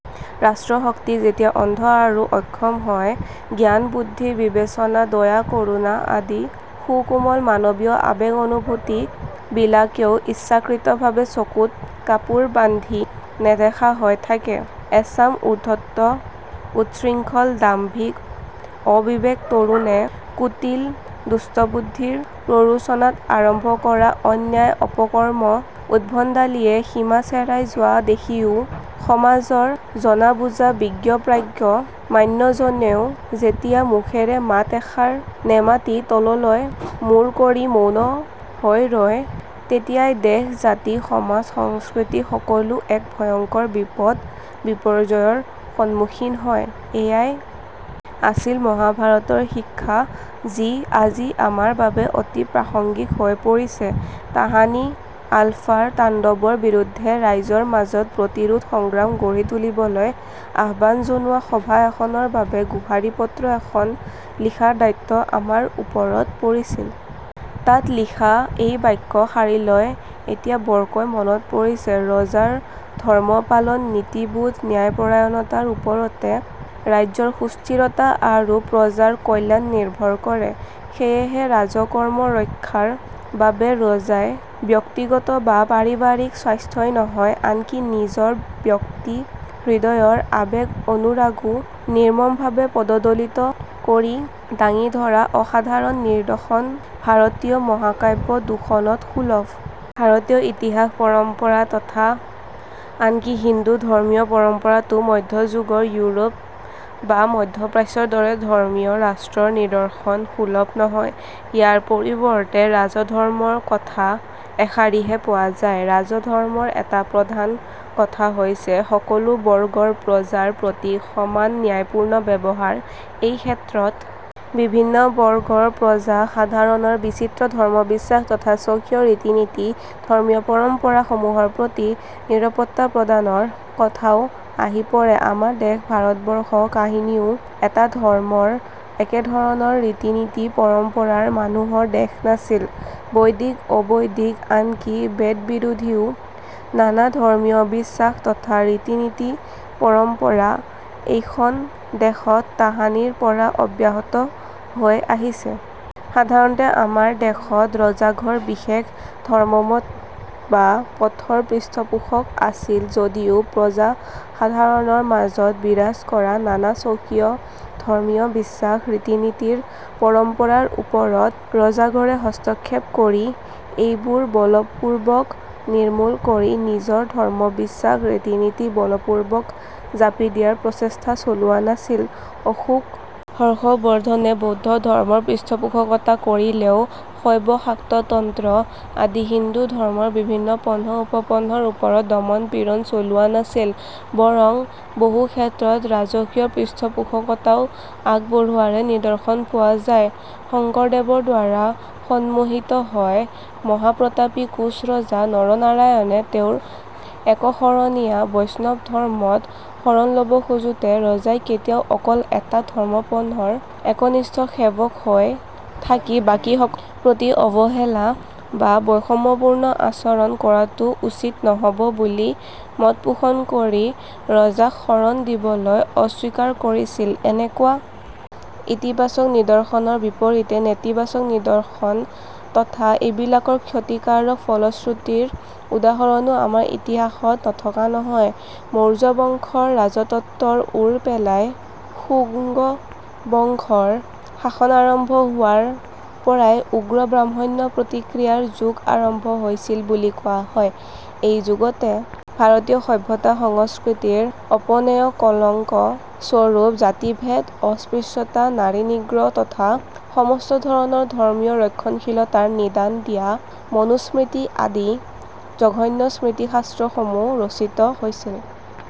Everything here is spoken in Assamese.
ৰাষ্ট্ৰশক্তি যেতিয়া অন্ধ আৰু অক্ষম হয়, জ্ঞান, বুদ্ধি, বিবেচনা, দয়া, কৰুণা আদি সুকোমল মানৱীয় আবেগ অনুভূতি বিলাকেও ইচ্ছাকৃতভাৱে চকুত কাপোৰ বান্ধি নেদেখা হৈ থাকে। এচাম উদ্ধত, উচ্ছৃঙ্খল, দাম্ভিক অবিবেচক তৰুণে কুটিল দুষ্টবুদ্ধিৰ প্ৰৰোচনাত আৰম্ভ কৰা অন্যায়, অপকৰ্ম, উদ্ভণ্ডালিয়ে সীমা চেৰাই যোৱা দেখিও সমাজৰ জনাবুজা বিজ্ঞ প্ৰাজ্ঞ মান্যজনেও যেতিয়া মুখেৰে মাত এষাৰ নেমাতি তললৈ মুৰ কৰি মৌন হৈ ৰয়, তেতিয়াই দেশ, জাতি, সমাজ, সংস্কৃতি সকলো এক ভয়ংকৰ বিপদ- বিপৰ্যয়ৰ সন্মুখীন হয়। এইয়াই আছিল মহাভাৰতৰ শিক্ষা, যি আজি আমাৰ বাবে অতি প্ৰাসংগিক হৈ পৰিছে। তাহানি আলফাৰ তাণ্ডৱৰ বিৰুদ্ধে ৰাইজৰ মাজত প্ৰতিৰোধ সংগ্ৰাম গঢ়ি তুলিবলৈ আহ্বান জনোৱা সভা এখনৰ বাবে গোহাৰিপত্ৰ এখন লিখাৰ দায়িত্ব আমাৰ ওপৰত পৰিছিল। তাত লিখা এই বাক্য শাৰীলৈ এতিয়া বৰকৈ মনত পৰিছে। ৰজাৰ ধৰ্মপালন, নীতিবোধ, ন্যায়পৰায়ণতাৰ ওপৰতে ৰাজ্যৰ সুস্থিৰতা আৰু প্ৰজাৰ কল্যাণ নিৰ্ভৰ কৰে। সেয়ে ৰাজধৰ্ম ৰক্ষাৰ বাবে ৰজাই ব্যক্তিগত বা পাৰিবাৰিক স্বাৰ্থই নহয়, আনকি নিজৰ ব্যক্তি হৃদয়ৰ আবেগ- অনুৰাগো নিৰ্মমভাবে পদদলিত কৰি ডাঙি ধৰা অসাধাৰণ নিদৰ্শন ভাৰতীয় মহাকাব্য দুখনত সুলভ। ভাৰতীয় ইতিহাস, পৰম্পৰা তথা আনকি হিন্দু ধৰ্মীয় পৰম্পৰাতো মধ্যযুগৰ ইউৰোপ বা মধ্যপ্ৰাচ্যৰ দৰে ধৰ্মীয় ৰাষ্ট্ৰৰ নিদৰ্শন সুলভ নহয়। ইয়াৰ পৰিবৰ্তে ৰাজধৰ্মৰ কথা এষাৰিহে পোৱা যায়। ৰাজধৰ্মৰ এটা প্ৰধান কথা হৈছে সকলো বৰ্গৰ প্ৰজাৰ প্ৰতি সমান ন্যায়পুৰ্ণ ব্যৱহাৰ। এইক্ষেত্ৰত বিভিন্ন বৰ্গৰ প্ৰজাসাধাৰণৰ বিচিত্ৰ ধৰ্মবিশ্বাস তথা স্বকীয় ৰীতি নীতি, ধৰ্মীয় পৰম্পৰা সমুহৰ প্ৰতি নিৰপত্তা প্ৰদানৰ কথাটোও আহি পৰে। আমাৰ দেশ ভাৰতবৰ্ষ কাহানিও এটা ধৰ্মৰ, একেধৰণৰ ৰীতি নীতি পৰম্পৰাৰ মানুহৰ দেশ নাছিল। বৈদিক, অবৈদিক আনকি বেদ বিৰোধীও নানা ধৰ্মীয় বিশ্বাস তথা ৰীতি নীতি পৰম্পৰা এইখন দেশত তাহানিৰ পৰা অব্যাহত হৈ আহিছে। সাধাৰণতে আমাৰ দেশত ৰজাঘৰ বিশেষ ধৰ্মমত বা পথৰ পৃষ্টপোষক আছিল যদিও প্ৰজাসাধাৰণৰ মাজত বিৰাজ কৰা নানা স্বকীয় ধৰ্মীয় বিশ্বাস, ৰীতিনীতিৰ পৰম্পৰাৰ ওপৰত ৰজাঘৰে হস্তক্ষেপ কৰি এইবোৰ বলপুৰ্বক নিৰ্মূল কৰি নিজৰ ধৰ্মবিশ্বাস, ৰীতিনীতি বলপুৰ্বক জাপি দিয়াৰ প্ৰচেষ্টা চলোৱা নাছিল। অশোক, হৰ্ষবৰ্দ্ধনে বৌদ্ধ ধৰ্মৰ পৃষ্ঠপোষকতা কৰিলেও শৈৱ শাক্ত তন্ত্ৰ আদি হিন্দু ধৰ্মৰ বিভিন্ন পন্থ উপপন্থৰ ওপৰত দমন পীড়ন চলোৱা নাছিল। বৰং বহুক্ষেত্ৰত ৰাজকীয় পৃষ্ঠপোষকতাও আগবঢ়োৱাৰহে নিদৰ্শন পোৱা যায়। শঙ্কৰদেৱৰ দ্বাৰা সন্মোহিত হৈ মহাপ্ৰতাপী কোঁচ ৰজা নৰনাৰায়ণে তেওঁৰ একশৰণীয়া বৈষ্ণৱ ধৰ্মত শৰণ লব খোজোতে ৰজাই কেতিয়াও অকল এটা ধৰ্মপন্থৰ একনিষ্ঠ সেৱক হৈ থাকি বাকী সকলৰ প্ৰতি অবহেলা বা বৈষম্যপুৰ্ণ আচৰণ কৰাটো উচিত নহ'ব বুলি মত পোষণ কৰি ৰজাক শৰন দিবলৈ অস্বীকাৰ কৰিছিল। এনেকুৱা ইতিবাচক নিদৰ্শনৰ বিপৰীতে নেতিবাচক নিদৰ্শন তথা ইবিলাকৰ ক্ষতিকাৰক ফলশ্ৰুতিৰ উদাহৰণো আমাৰ ইতিহাসত নথকা নহয়। মৌৰ্য বংশৰ ৰাজত্বৰ ওৰ পেলাই শুংগ বংশৰ শাসন আৰম্ভ হোৱাৰ পৰাই উগ্ৰ ব্ৰাহ্মন্য প্ৰতিক্ৰিয়াৰ যুগ আৰম্ভ হৈছিল বুলি কোৱা হয়। এইযুগতে ভাৰতীয় সভ্যতা সংস্কৃতিৰ অপনেয় কলংক স্বৰূপ জাতিভেদ, অস্পৃশ্যতা, নাৰী নিগ্ৰহ তথা সমস্ত ধৰণৰ ধৰ্মীয় ৰক্ষণশীলতাৰ নিদান দিয়া মনুস্মৃতি আদি জঘন্য স্মৃতিশাস্ত্ৰ সমুহ ৰচিত হৈছিল।